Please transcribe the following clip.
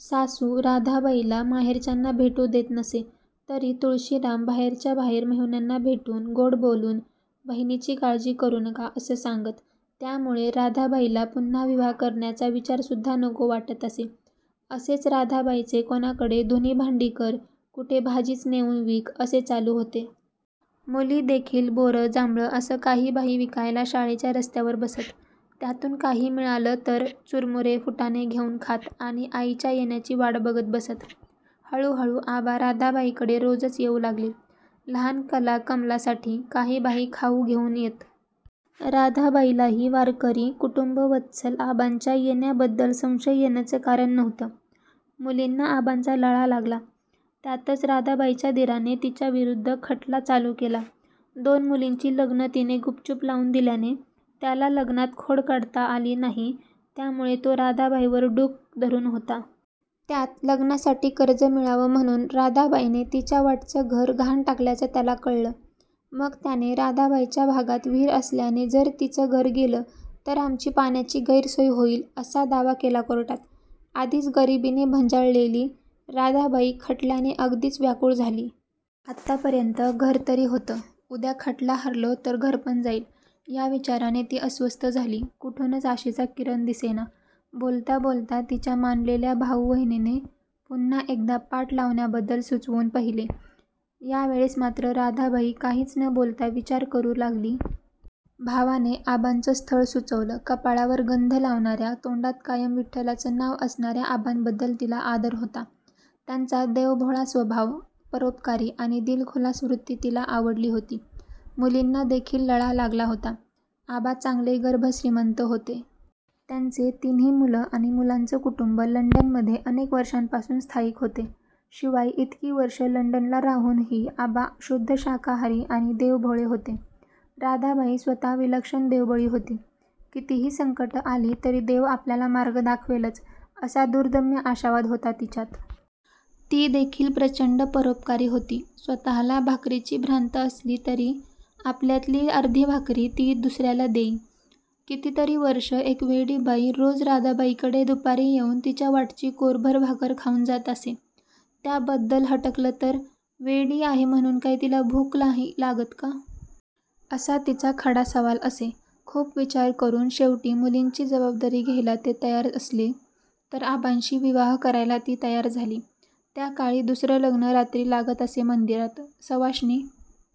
सासू राधाबाईला माहेरच्यांना भेटू देत नसे तरी तुळशीराम बाहेरच्या बाहेर मेव्हण्यांना भेटून, गोड बोलून "बहिणीची काळजी करू नका", असं सांगत. त्यामुळे राधाबाईला पुन्हा विवाह करण्याचा विचारसुद्धा नको वाटत असे. असेच राधाबाईचे कोणाकडे धुणी-भांडी कर, कुठे भाजीच नेऊन विक, असे चालू होते. मुली देखील बोरं- जांभळं असं काहीबाही विकायला शाळेच्या रस्त्यावर बसत. त्यातून काही मिळालं तर चुरमुरे फुटाणे घेऊन खात आणि आईच्या येण्याची वाट बघत बसत. हळू हळू आबा राधाबाईकडे रोजच येऊ लागले. लहान कला-कमला साठी काहीबाही खाऊ घेऊन येत. राधाबाईलाही वारकरी, कुटुंबवत्सल आबांच्या येण्याबद्दल संशय येण्याचं कारण नव्हतं. मुलींना आबांचा लळा लागला. त्यातच राधाबाईच्या दिराने तिच्याविरुद्ध खटला चालू केला. दोन मुलींची लग्न तिने गुपचूप लावून दिल्याने त्याला लग्नात खोड काढता आली नाही, त्यामुळे तो राधाबाईवर डूख धरून होता. त्यात लग्नासाठी कर्ज मिळावं म्हणून राधाबाईने तिच्या वाटचं घर गहाण टाकल्याचं त्याला कळलं. मग त्याने राधाबाईच्या भागात विहीर असल्याने जर तिचं घर गेलं तर आमची पाण्याची गैरसोय होईल, असा दावा केला कोर्टात. आधीच गरिबीने भंजाळलेली राधाबाई खटल्याने अगदीच व्याकुळ झाली. आतापर्यंत घर तरी होतं. उद्या खटला हरलो तर घर पण जाईल, या विचाराने ती अस्वस्थ झाली. कुठूनच आशेचा किरण दिसेना. बोलता बोलता तिच्या मानलेल्या भाऊ-वाहिनीने पुन्हा एकदा पाट लावण्याबद्दल सुचवून पहिले. यावेळेस मात्र राधाबाई काहीच न बोलता विचार करू लागली. भावाने आबांचं स्थळ सुचवलं. कपाळावर गंध लावणाऱ्या, तोंडात कायम विठ्ठलाचं नाव असणाऱ्या आबांबद्दल तिला आदर होता. त्यांचा देवभोळा स्वभाव, परोपकारी आणि दिलखुलास वृत्ती तिला आवडली होती. मुलींना देखील लळा लागला होता. आबा चांगले गर्भश्रीमंत होते. त्यांचे तिन्ही मुलं आणि मुलांचं कुटुंब लंडन मध्ये अनेक वर्षांपासून स्थायिक होते. शिवाय इतकी वर्षं लंडनला राहूनही आबा शुद्ध शाकाहारी आणि देवभोळे होते. राधाबाई स्वतः विलक्षण देवभोळी होती. कितीही संकटं आली तरी देव आपल्याला मार्ग दाखवेलच, असा दुर्दम्य आशावाद होता तिच्यात. ती देखील प्रचंड परोपकारी होती. स्वतःला भाकरीची भ्रांत असली तरी आपल्यातली अर्धी भाकरी ती दुसऱ्याला देई. कितीतरी वर्षं एक वेडी बाई रोज राधाबाईकडे दुपारी येऊन तिच्या वाटची कोरभर भाकर खाऊन जात असे. त्याबद्दल हटकलं तर 'वेडी आहे म्हणून काय तिला भूक नाही लागत का? " असा तिचा खडा सवाल असे. खूप विचार करून शेवटी मुलींची जबाबदारी घ्यायला ते तयार असले, तर आबांशी विवाह करायला ती तयार झाली. त्याकाळी असं दुसरं लग्न रात्री लागत असे मंदिरांत. सवाष्णी